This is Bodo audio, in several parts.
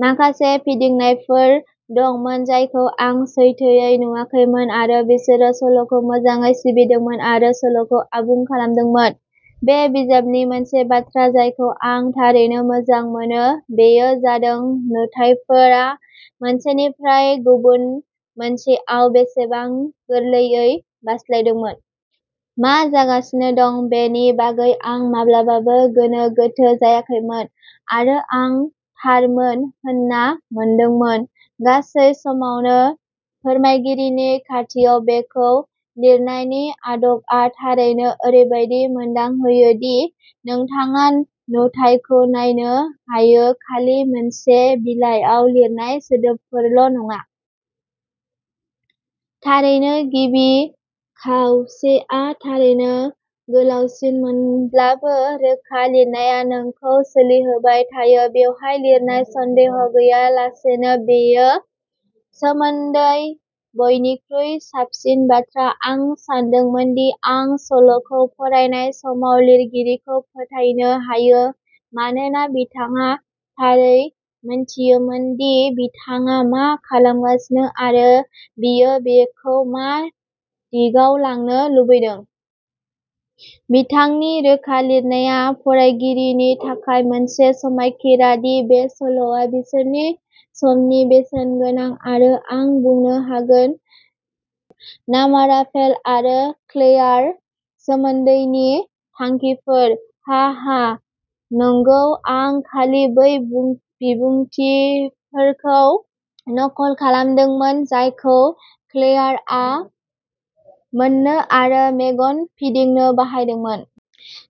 माखासे फिदिंनायफोर दंमोन जायखौ आं सैथोयै नुवाखैमोन, आरो बिसोरो सल'खौ मोजाङै सिबिदोंमोन आरो सल'खौ आबुं खालामदोंमोन। बे बिजाबनि मोनसे बाथ्रा जायखौ आं थारैनो मोजां मोनो बेयो जादों नुथायफोरा मोनसेनिफ्राय गुबुन मोनसेयाव बेसेबां गोरलैयै बारस्लायदोंमोन। मा जागासिनो दं बेनि बागै आं माब्लाबाबो गोनो गोथो जायाखैमोन, आरो आं थारमोन होनना मोनदोंमोन। गासै समावनो फोरमायगिरिनि खाथियाव-बेखौ लिरनायनि आदबआ थारैनो ओरैबायदि मोनदांहोयो दि नोंथाङा नुथायखौ नायनो हायो, खालि मोनसे बिलाइयाव लिरनाय सोदोबफोरल'नङा। थारैनो, गिबि खावसेया थारैनो गोलावसिनमोनब्लाबो, रोखा लिरनाया नोंखौ सोलिहोबाय थायो। बेयाव लिरनाया, सन्देह गैयालासेनो, बेनि सोमोन्दै बयनिख्रुइ साबसिन बाथ्रा। आं सानदोंमोन दि आं सल'खौ फरायनाय समाव लिरगिरिखौ फोथायनो हायो, मानोना बिथाङा थारै मोनथियोमोन दि बिथाङा मा खालामगासिनो आरो बियो बेखौ मा दिगाव लांनो लुबैदों। बिथांनि रोखा लिरनाया फरायगिरिनि थाखाय मोनसे समायखिरा दि बे सल'आ बिसोरनि समनि बेसेनगोनां। आरो आं बुंनो हागोन नामाराफेल आरो क्लेयार सोमोन्दोनि थांखिफोर!!! हाहा, नंगौ, आं खालि बै बिबुंथिफोरखौ नकल खालामदोंमोन जायखौ क्लेयारआ मोननो आरो मेगन फिदिंनो बाहायदोंमोन।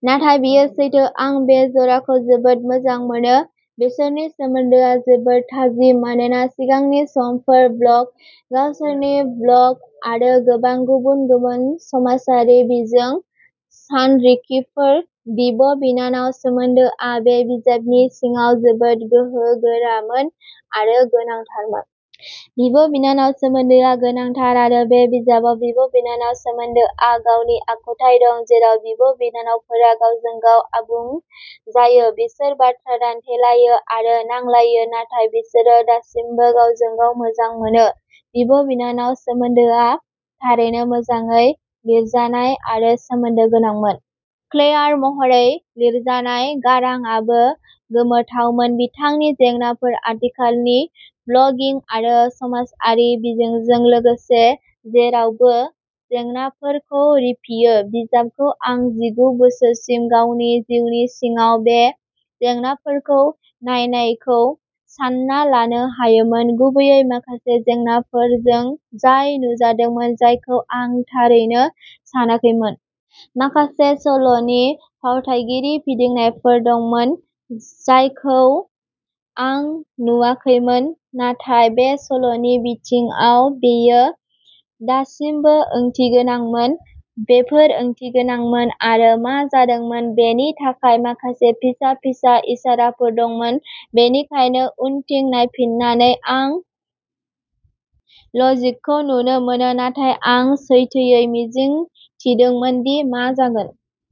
नाथाय बेयो सैथो-आं बे जराखौ जोबोद मोजां मोनो। बिसोरनि सोमोन्दोआ जोबोद थाजिम, मानोना सिगांनि समफोर। ब्लग, गावसोरनि भ्लग आरो गोबां गुबुन-गुबुन समाजारि बिजों सानरिखिफोर। बिब'- बिनानाव सोमोन्दोआ बे बिजाबनि सिङाव जोबोद गोहोगोरामोन आरो गोनांथारमोन। बिब'- बिनानाव सोमोन्दोआ गोनांथार आरो बे बिजाबाव बिब'- बिनानाव सोमोन्दोआ गावनि आखुथाय दं जेराव बिब'- बिनानावफोरा गावजों-गाव आबुं जायो। बिसोर बाथ्रा दान्थेलायो आरो नांलायो, नाथाय बिसोर दासिमबो गावजों-गाव मोजां मोनो। बिब'- बिनानाव सोमोन्दोआ थारैनो मोजाङै लिरजानाय आरो सोमोन्दो गोनांमोन। क्लेयार महरै लिरजानाय गारांआबो गोमोथावमोन। बिथांनि जेंनाफोरा आथिखालनि ब्लगिं आरो समाजारि बिजोंजों लोगोसे जेरावबो जेंनाफोरखौ रिफियो। बिजाबखौ आं जिगु बोसोरसिम गावनि जिउनि सिङाव बे जेंनाफोरखौ नायनायखौ सान्ना लानो हायोमोन, गुबैयै माखासे जेंनाफोरजों जाय नुजादोंमोन जायखौ आं थारैनो सानाखैमोन। माखासे सल'नि फावथायारि फिदिंनायफोर दंमोन जायखौ आं नुवाखैमोन, नाथाय बे सल'नि बिथिङाव बेयो दासिमबो ओंथिगोनांमोन। बेफोरो ओंथिगोनांमोन आरो मा जादोंमोन बेनि थाखाय माखासे फिसा-फिसा इसाराफोर दंमोन, बेनिखायनो उनथिं नायफिननानै। आं लजिकखौ नुनो मोनो, नाथाय आं सैथोयै मिजिं थिदोंमोन दि मा जागोन।